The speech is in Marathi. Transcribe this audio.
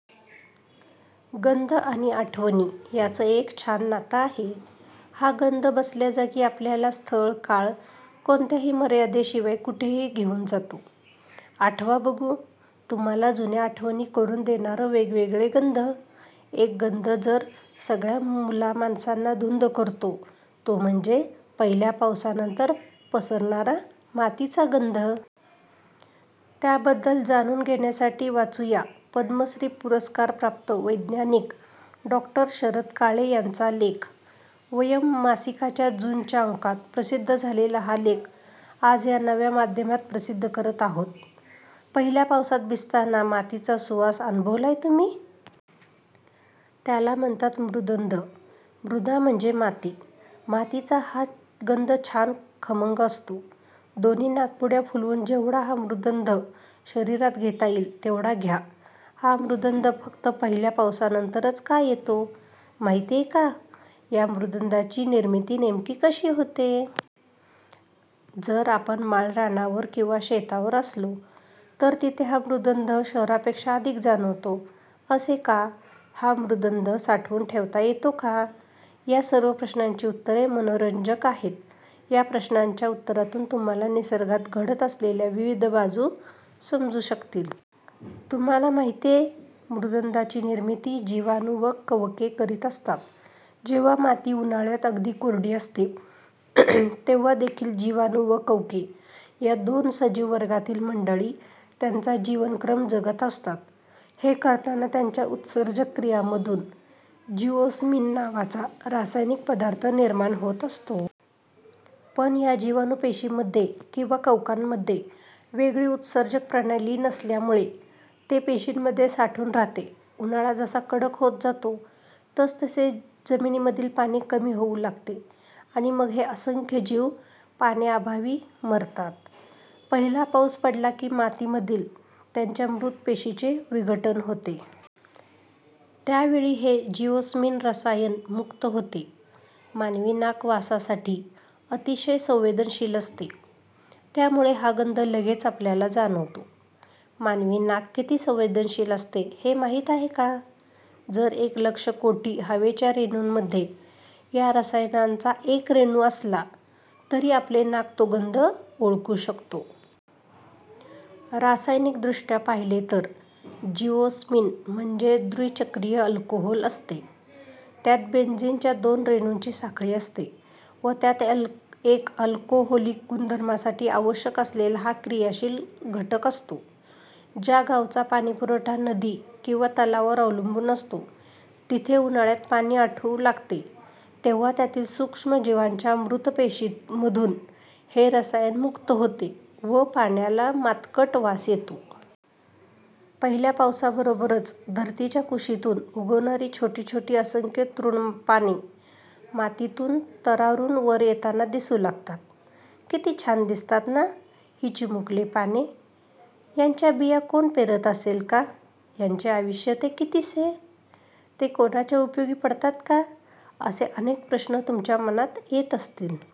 गंध आणि आठवणी याचं एक छान नातं आहे. हा गंध बसल्याजागी आपल्याला स्थळ-काळ कोणत्याही मर्यादेशिवाय कुठेही घेऊन जातो. आठवा बघू, तुम्हाला जुन्या आठवणी करून देणारे वेगवेगळे गंध. एक गंध तर सगळ्या मुला-माणसांना धुंद करतो, तो म्हणजे पहिल्या पावसानंतर पसरणारा मातीचा गंध. त्याबद्दल जाणून घेण्यासाठी वाचू या पद्मश्री पुरस्कारप्राप्त वैज्ञानिक डॉ. शरद काळे यांचा लेख. वयम् मासिकाच्या जूनच्या अंकात प्रसिद्ध झालेला हा लेख आज या नव्या माध्यमात प्रसिद्ध करत आहोत. पहिल्या पावसात भिजताना मातीचा सुवास अनुभवलाय तुम्ही? त्याला म्हणतात मृद्गंध. मृदा म्हणजे माती. मातीचा हा गंध छान खमंग असतो. दोन्ही नाकपुड्या फुलवून जेवढा हा मृद्गंध शरीरात घेता येईल, तेवढा घ्या. हा मृद्गंध फक्त पहिल्या पावसानंतरच का येतो, माहितीये? या मृद्गंधाची निर्मिती नेमकी कशी होते? जर आपण माळरानावर किंवा शेतावर असलो, तर तिथे हा मृद्गंध शहरापेक्षा अधिक जाणवतो. असे का? हा मृद्गंध साठवून ठेवता येतो का? या सर्व प्रश्नांची उत्तरे मनोरंजक आहेत. या प्रश्नांच्या उत्तरातून तुम्हांला निसर्गात घडत असलेल्या विविध बाबी समजू शकतील. तुम्हांला माहितीये, मृद्गंधाची निर्मिती जीवाणू व कवके करीत असतात. जेव्हा माती उन्हाळ्यात अगदी कोरडी असते, तेव्हा देखील जीवाणू व कवके या दोन सजीव वर्गातील मंडळी त्यांचा जीवनक्रम जगत असतात. हे करताना त्यांच्या उत्सर्जक क्रियांमधून जिओस्मिन नावाचा रासायनिक पदार्थ निर्माण होत असतो. पण ह्या जीवाणू पेशींमध्ये किंवा कवकांमध्ये वेगळी उत्सर्जक प्रणाली नसल्यामुळे ते पेशींमध्ये साठून राहते. उन्हाळा जसा कडक होत जातो, तसतसे जमिनीतील पाणी कमी होऊ लागते आणि मग हे असंख्य जीव पाण्याअभावी मरतात. पहिला पाऊस पडला की मातीमधील त्यांच्या मृत पेशींचे विघटन होते. त्यावेळी हे जिओस्मिन रसायन मुक्त होते. मानवी नाक वासासाठी अतिशय संवेदनशील असते. त्यामुळे हा गंध लगेच आपल्याला जाणवतो. मानवी नाक किती संवेदनशील असते, माहीत आहे? जर एक लक्ष कोटी हवेच्या रेणूंमध्ये या रसायनाचा एक रेणू असला, तरी आपले नाक तो गंध ओळखू शकतो. रासायनिक दृष्ट्या पाहिले तर जिओस्मिन म्हणजे द्विचक्रीय अल्कोहोल असते. त्यात बेन्झीनच्या दोन रेणूंची साखळी असते व त्यात एक अल्कोहोलिक गुणधर्मासाठी आवश्यक असलेला हा क्रियाशील घटक असतो. ज्या गावचा पाणीपुरवठा नदी किंवा तलावावर अवलंबून असतो, तिथे उन्हाळ्यात पाणी आटू लागते, तेव्हा त्यातील सूक्ष्म जीवांच्या मृत पेशींमधून हे रसायन मुक्त होते व पाण्याला मातकट वास येतो. पहिल्या पावसाबरोबरच धरतीच्या कुशीतून उगवणारी छोटी छोटी असंख्य तृणपाने मातीतून तरारून वर येताना दिसू लागतात. किती छान दिसतात ना ही चिमुकली पाने? यांच्या बिया कोण पेरत असेल? यांचे आयुष्य ते कितीसे? ते कोणाच्या उपयोगी पडतात? असे अनेक प्रश्न तुमच्या मनात येत असतील.